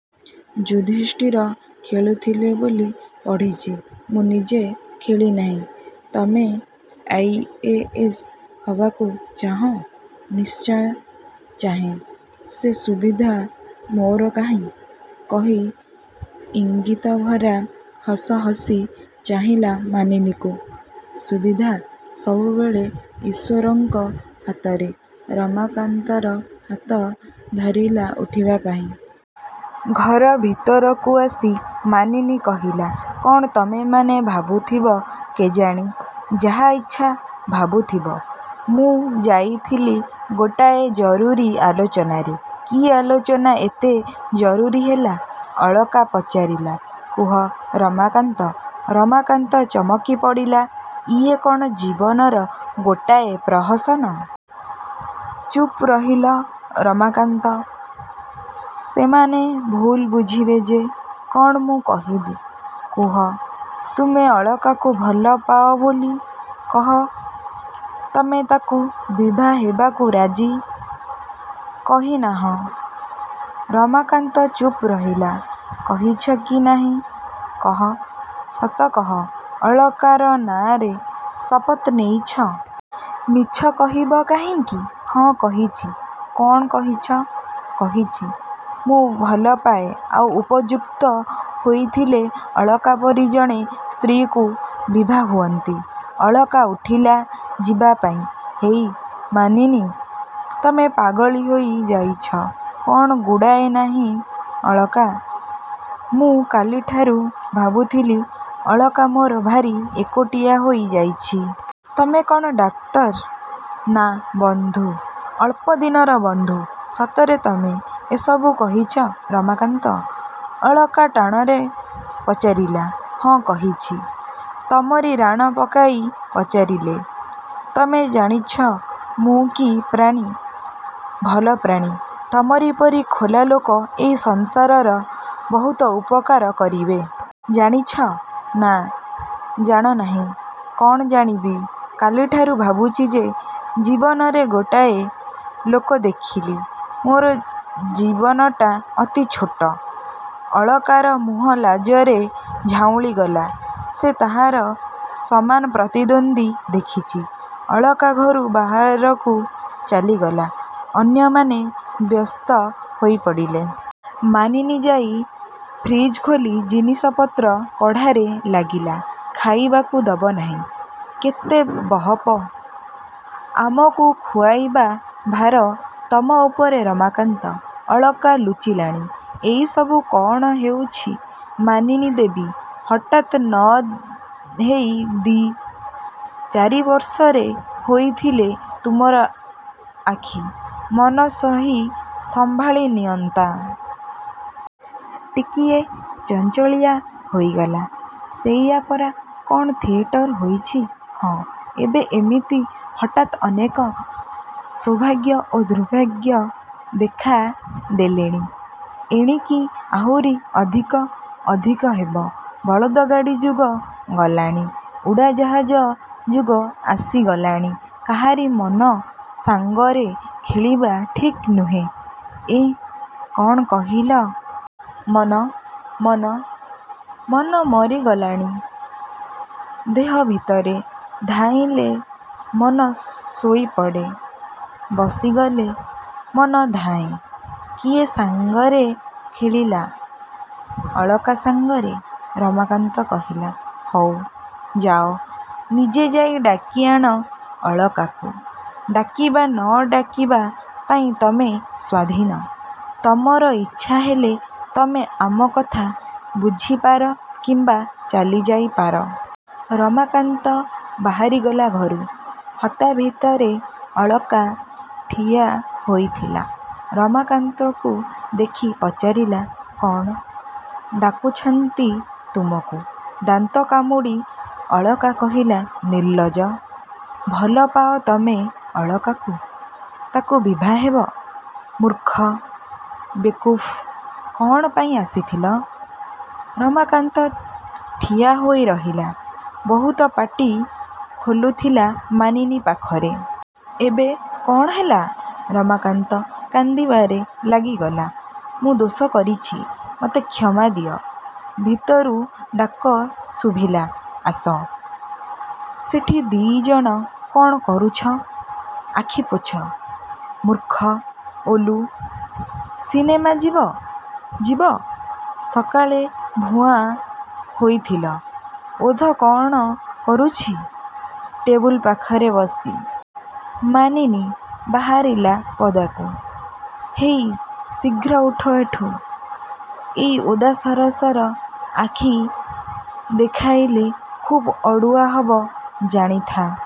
–ଯୁଧିଷ୍ଠିର ଖେଳୁଥିଲେ ବୋଲି ପଢ଼ିଛି। ମୁଁ ନିଜେ ଖେଳି ନାହିଁ। –ତମେ ଆଇ–ଏ–ଏସ୍ ହବାକୁ ଚାହଁ? –ନିଶ୍ଚୟ ଚାହେଁ। ସେ ସୁବିଧା ମୋର କାହିଁ? –କହି ଇଙ୍ଗିତଭରା ହସ ହସି ଚାହିଁଲା ମାନିନୀକୁ। –ସୁବିଧା ସବୁବେଳେ ଈଶ୍ୱରଙ୍କ ହାତରେ। ରମାକାନ୍ତର ହାତ ଧରିଲା ଉଠିବା ପାଇଁ। ଘର ଭିତରକୁ ଆସି ମାନିନୀ କହିଲା–କ'ଣ ତମେମାନେ ଭାବୁଥିବ କେଜାଣି। ଯାହା ଇଚ୍ଛା ଭାବୁଥିବ। ମୁଁ ଯାଇଥିଲି ଗୋଟାଏ ଜରୁରୀ ଆଲୋଚନାରେ। –କି ଆଲୋଚନା ଏତେ ଜରୁରୀ ହେଲା? –ଅଳକା ପଚାରିଲା। –କୁହ, ରମାକାନ୍ତ। ରମାକାନ୍ତ ଚମକି ପଡ଼ିଲା। ଇଏ କ'ଣ ଜୀବନର ଗୋଟାଏ ପ୍ରହସନ? –ଚୁପ ରହିଲ, ରମାକାନ୍ତ। ସେମାନେ ଭୁଲ୍ ବୁଝିବେ ଯେ। –କ'ଣ ମୁଁ କହିବି? –କୁହ, ତୁମେ ଅଳକାକୁ ଭଲପାଅ ବୋଲି। –କହ, ତମେ ତାକୁ ବିଭା ହେବାକୁ ରାଜି। କହିନାହଁ? ରମାକାନ୍ତ ଚୁପ୍ ରହିଲା। –କହିଛ କି ନାହିଁ କହ। ସତ କହ–ଅଳକାର ନାଁରେ ଶପଥ ନେଇଛ। ମିଛ କହିବ କାହିଁକି? –ହଁ, କହିଛି। –କ'ଣ କହିଛ? –କହିଛି, ମୁଁ ଭଲପାଏ ଆଉ ଉପଯୁକ୍ତ ହୋଇଥିଲେ ଅଳକା ପରି ଜଣେ ସ୍ତ୍ରୀକୁ ବିଭା ହୁଅନ୍ତି। ଅଳକା ଉଠିଲା ଯିବାପାଇଁ–ହେଇ। ମାନିନୀ, –ତମେ ପାଗଳି ହୋଇ ଯାଇଛ। କ'ଣ ଗୁଡ଼ାଏ –ନାହିଁ ଅଳକା। ମୁଁ କାଲିଠାରୁ ଭାବୁଥିଲି ଅଳକା ମୋର ଭାରି ଏକୁଟିଆ ହୋଇ ଯାଉଛି। –ତମେ କ'ଣ ଡାକ୍ତର? –ନା, ବନ୍ଧୁ। –ଅଳ୍ପ ଦିନର ବନ୍ଧୁ। –ସତରେ ତମେ ଏସବୁ କହିଛ–ରମାକାନ୍ତ? ଅଳକା ଟାଣରେ ପଚାରିଲା। –ହଁ, କହିଛି। ତମରି ରାଣ ପକାଇ ପଚାରିଲେ। –ତମେ ଜାଣିଛ ମୁଁ କି ପ୍ରାଣୀ? –ଭଲ ପ୍ରାଣୀ। ତମରି ପରି ଖୋଲା ଲୋକ ଏଇ ସଂସାରର ବହୁତ ଉପକାର କରିବେ-। –ଜାଣିଛ? –ନା, ଜାଣ ନାହିଁ। –କ'ଣ ଜାଣିବି? କାଲିଠାରୁ ଭାବୁଛି ଯେ ଜୀବନରେ ଗୋଟାଏ ଲୋକ ଦେଖିଲି। ମୋର ଜୀବନଟା ଅତି ଛୋଟ। ଅଳକାର ମୁହଁ ଲାଜରେ ଝାଉଁଳି ଗଲା। –ସେ ତାହାର ସମାନ ପ୍ରତିଦ୍ୱନ୍ଦୀ ଦେଖିଛି। ଅଳକା ଘରୁ ବାହାରକୁ ଚାଲିଗଲା। ଅନ୍ୟମାନେ ବ୍ୟସ୍ତ ହୋଇପଡ଼ିଲେ। ମାନିନୀ ଯାଇ ଫ୍ରିଜଖୋଲି ଜିନିଷ ପତ୍ର କଢ଼ାରେ ଲାଗିଲା–ଖାଇବାକୁ ଦବ ନାହିଁ? କେତେ ବହପ? ଆମକୁ ଖୁଆଇବା ଭାର ତମ ଉପରେ ରମାକାନ୍ତ–ଅଳକା ଲୁଚିଲାଣି। –ଇଏ ସବୁ କଅଣ ହେଉଛି? ମାନିନୀ ଦେବୀ– –ହଠାତ୍ ନ ହେଇ ଦି' ଚାରିବର୍ଷରେ ହୋଇଥିଲେ ତୁମର ଆଖି, ମନ ସହି ସମ୍ଭାଳି ନିଅନ୍ତା। ଟିକିଏ ଚଞ୍ଚଳିଆ ହୋଇଗଲା। –ସେଇଆ ପରା। କ'ଣ ଥିଏଟର ହୋଇଛି? –ହଁ। ଏବେ ଏମିତି ହଠାତ୍ ଅନେକ ସୌଭାଗ୍ୟ ଓ ଦୁର୍ଭାଗ୍ୟ ଦେଖା ଦେଲେଣି–ଏଣିକି ଆଉରି ଅଧିକ–ଅଧିକ ହେବ। ବଳଦଗାଡ଼ି ଯୁଗ ଗଲାଣି–ଉଡ଼ାଜାହାଜ ଯୁଗ ଆସିଗଲାଣି। –କାହାରି ମନ ସାଙ୍ଗରେ ଖେଳିବା ଠିକ୍ ନୁହେଁ। –ଏଁ, କ'ଣ କହିଲ? ମନ? –ମନ? ମନ ମରିଗଲାଣି ଦେହ ଭିତରେ। ଧାଇଁଲେ ମନ ଶୋଇପଡ଼େ–ବସିଗଲେ ମନ ଧାଏଁ। କିଏ ସାଙ୍ଗରେ ଖେଳିଲା? –ଅଳକା ସାଙ୍ଗରେ। ରମାକାନ୍ତ କହିଲା। –ହଉ, ଯାଅ, ନିଜେ ଯାଇ ଡାକି ଆଣ ଅଳକାକୁ। ଡାକିବା ନ ଡାକିବା ପାଇଁ ତମେ ସ୍ୱାଧୀନ। ତମର ଇଚ୍ଛା ହେଲେ ତମେ ଆମ କଥା ବୁଝିପାର କିମ୍ବା ଚାଲିଯାଇପାର। ରମାକାନ୍ତ ବାହାରିଗଲା ଘରୁ। ହତା ଭିତରେ ଅଳକା ଠିଆ ହୋଇଥିଲା। ରମାକାନ୍ତକୁ ଦେଖି ପଚାରିଲା–କ'ଣ? –ଡାକୁଛନ୍ତି ତୁମକୁ। ଦାନ୍ତ କାମୁଡ଼ି ଅଳକା କହିଲା–ନିର୍ଲଜ। ଭଲ ପାଅ ତମେ ଅଳକାକୁ? ତାକୁ ବିଭା ହେବ? –ମୂର୍ଖ–ବେକୁଫ୍। କ'ଣ ପାଇଁ ଆସିଥିଲ? ରମାକାନ୍ତ ଠିଆହୋଇ ରହିଲା। –ବହୁତ ପାଟି ଖୋଲୁଥିଲା ମାନିନୀ ପାଖରେ। ଏବେ କ'ଣ ହେଲା? ରମାକାନ୍ତ କାନ୍ଦିବାରେ ଲାଗିଗଲା–ମୁଁ ଦୋଷ କରିଛି। ମତେ କ୍ଷମା ଦିଅ। ଭିତରୁ ଡାକ ଶୁଭିଲା–ଆସ। ସେଠି ଦି'ଜଣ କ'ଣ କରୁଛ? –ଆଖି ପୋଛ। ମୂର୍ଖ, ଓଲୁ, –ସିନେମା ଯିବ? –ଯିବ? –ସକାଳେ ଭୁଆଁ ହୋଇଥିଲ-। ଓଧ କ'ଣ କରୁଛି? –ଟେବୁଲ ପାଖରେ ବସିଛି। ମାନିନୀ ବାହାରିଲା ପଦାକୁ। –ହେଇ ଶୀଘ୍ର ଉଠ ଏଠୁ। ଏଇ ଓଦା ସରସର ଆଖି ଦେଖାଇଲେ ଖୁବ୍ ଅଡ଼ୁଆ ହବ ଜାଣିଥା।